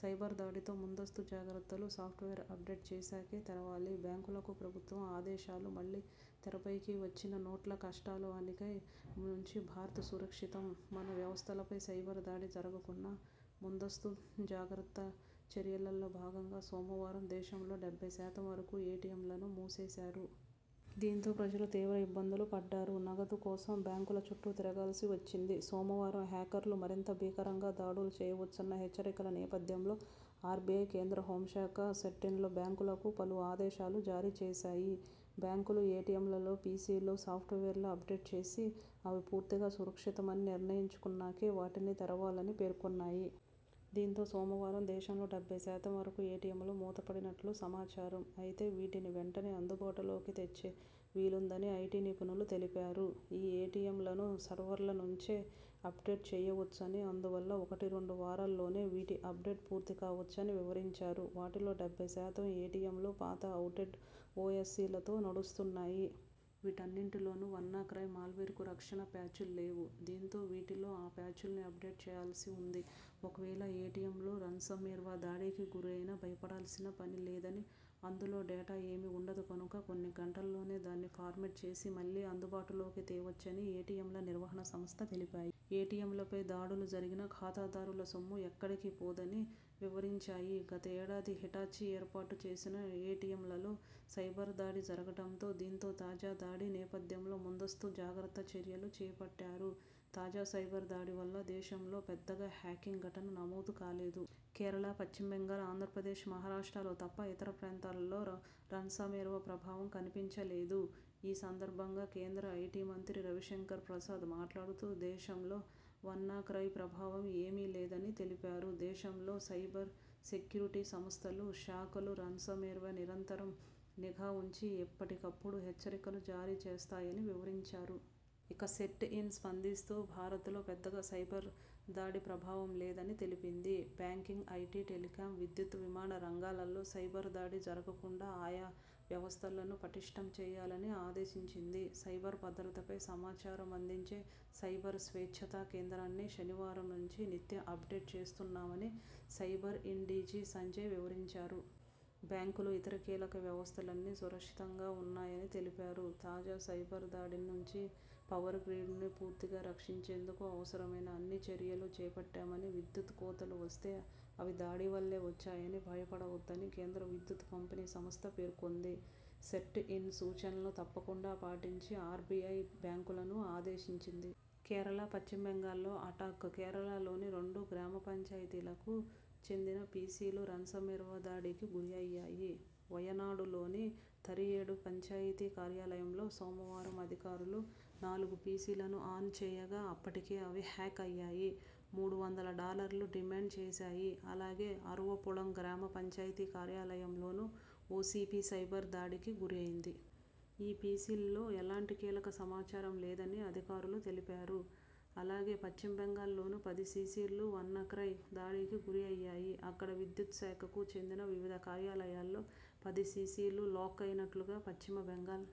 Cyber దాడితో ముందస్తు జాగ్రత్తలు సాఫ్ట్వేర్ అప్డేట్ చేశాకే తెరవాలి బ్యాంకులకు ప్రభుత్వం ఆదేశాలు మళ్లీ తెరపైకి వచ్చిన నోట్ల కష్టాలువాన్నా క్రై నుంచి భారత్ సురక్షితం! మన వ్యవస్థలపై సైబర్ దాడి జరగకున్నా ముందస్తు జాగ్రత్త చర్యల్లో భాగంగా సోమవారం దేశంలో డెబ్బై శాతం వరకు ఏటీఎంలను మూసేశారు. దీంతో ప్రజలు తీవ్ర ఇబ్బందులు పడ్డారు. నగదు కోసం బ్యాంకుల చుట్టూ తిరగాల్సి వచ్చింది. సోమవారం హ్యాకర్లు మరింత భీకరంగా దాడులు చేయొచ్చన్న హెచ్చరికల నేపథ్యంలో ఆర్బీఐ కేంద్ర హోం శాఖ, సెర్ట్ ఇన్లు బ్యాంకులకు పలు ఆదేశాలు జారీ చేశాయి. బ్యాంకులు ఏటీఎంలలో పీసీలు, సాఫ్ట్వేర్లను అప్డేట్ చేసి అవి పూర్తిగా సురక్షితమని నిర్ణయించుకున్నాకే వాటిని తెరవాలని పేర్కొన్నాయి. దీంతో సోమవారం దేశంలో డెబ్బై శాతం వరకు ఏటీఎంలు మూతబడినట్లు సమాచారం. అయితే వీటిని వెంటనే అందుబాటులోకి తెచ్చే వీలుందని ఐటీ నిపుణులు తెలిపారు. ఈ ఏటీఎంలను సర్వర్ల నుంచే అప్డేట్ చేయొచ్చని అందువల్ల ఒకటి రెండు వారాల్లోనే వీటి అప్డేట్ పూర్తికావొచ్చని వివరించారు. వాటిలో డెబ్బై శాతం ఏటీఎంలు పాత, అవుట్డేటెడ్ ఓఎ్సలతో నడుస్తున్నాయి. వీటన్నింటిలోనూ వాన్నా క్రై మాల్వేర్కు రక్షణ ప్యాచ్లు లేవు. దీంతో వీటిలో ఆ ప్యాచ్ను ఆప్డేట్ చేయాల్సి ఉంది. ఒకవేళ ఏటీఎంలు రాన్సమ్వేర్ దాడికి గురైనా భయపడాల్సిన పని లేదని అందులో డేటా ఏమీ ఉండదు కనుక కొన్ని గంటల్లోనే దాన్ని ఫార్మట్ చేసి మళ్లీ అందుబాటులోకి తేవొచ్చని ఏటీఎంల నిర్వహణ సంస్థలు తెలిపాయి. ఏటీఎంలపై దాడులు జరిగినా ఖాతాదారుల సొమ్ము ఎక్కడికీ పోదని వివరించాయి. గత ఏడాది హిటాచీ ఏర్పాటు చేసిన ఏటీఎంలలో సైబర్ దాడి జరగడంతో దీంతో తాజా దాడి నేపథ్యంలో ముందస్తు జాగ్రత్త చర్యలు చేపట్టారు. తాజా సైబర్ దాడి వల్ల దేశంలో పెద్దగా హ్యాకింగ్ ఘటనలు నమోదు కాలేదు. కేరళ, పశ్చిమ బెంగాల్, ఆంధ్రప్రదేశ్, మహారాష్ట్రల్లో తప్ప ఇతర ప్రాంతాల్లో రాన్సమ్వేర్ ప్రభావం కనిపించలేదు. ఈ సందర్భంగా కేంద్ర ఐటీ మంత్రి రవిశంకర్ ప్రసాద్ మాట్లాడుతూ దేశంపై వాన్నా క్రై ప్రభావం ఏమీ లేదని తెలిపారు. దేశంలోని సైబర్ సెక్యురిటీ సంస్థలు, శాఖలు రాన్సమ్వేర్పై నిరంతరం నిఘా ఉంచి ఎప్పటికిప్పుడు హెచ్చరికలు జారీ చేస్తున్నాయని వివరించారు. ఇక సెర్ట్ ఇన్ స్పందిస్తూ భారతలో పెద్దగా సైబర్ దాడి ప్రభావం లేదని తెలిపింది. బ్యాంకింగ్, ఐటీ, టెలికం, విద్యుత్తు, విమాన రంగాల్లో సైబర్ దాడి జరుగకుండా ఆయా వ్యవస్థలను పటిష్ఠం చేయాలని ఆదేశించింది. సైబర్ భద్రతపై సమాచారం అందించే సైబర్ స్వచ్చతా కేంద్రాన్ని శనివారం నుంచి నిత్యం అప్డేట్ చేస్తున్నామని స యిబార్ ఇన్ డీజీ సంజయ్ వివరించారు. బ్యాంకులు ఇతర కీలక వ్యవస్థలన్నీ సురక్షితంగా ఉన్నాయని తెలిపారు. తాజా సైబర్దాడిని నుంచి పవర్ గ్రిడ్ను పూర్తిగా రక్షించేందుకు అవసరమైన అన్ని చర్యలూ చేపట్టామని విద్యుత్తు కోతలు వస్తే అవి దాడివల్లే వచ్చాయని భయపడవద్దని కేంద్ర విద్యుత్తు పంపిణీ సంస్థ పేర్కొంది. సెర్ట్ ఇన్ సూచనలను తప్పకుండా పాటించాలని ఆర్బీఐ బ్యాంకులను ఆదేశించింది. కేరళ, పశ్చిమ బెంగాల్లో అటాక్! కేరళలోని రెండు గ్రామ పంచాయతీలకు చెందిన పీసీలు రాన్సమ్వేర్ దాడికి గురయ్యాయి. వాయనాడులోని థరియోడె పంచాయతీ కార్యాలయంలో సోమవారం అధికారులు నాలుగు పీసీలను ఆన్ చేయగా అప్పటికే అవి హ్యాక్ అయ్యాయి. మూడు వందల డాలర్లు డిమాండ్ చేశాయి. ఆలాగే అరువపుళం గ్రామ పంచాయతీ కార్యాలయంలోనూ ఓ పీసీ సైబర్ దాడికి గురైంది. ఈ పీసీల్లో ఎలాంటి కీలక సమాచారం లేదని అధికారులు తెలిపారు. అలాగే పశ్చిమబెంగాల్లోనూ పది సిసీలు వాన్నా క్రై దాడికి గురయ్యాయి. ఇక్కడ విద్యుత్తు శాఖకు చెందిన వివిధ కార్యాలయాల్లో పది సిసీలు లాక్ అయినట్లు పశ్చిమ బెంగాల్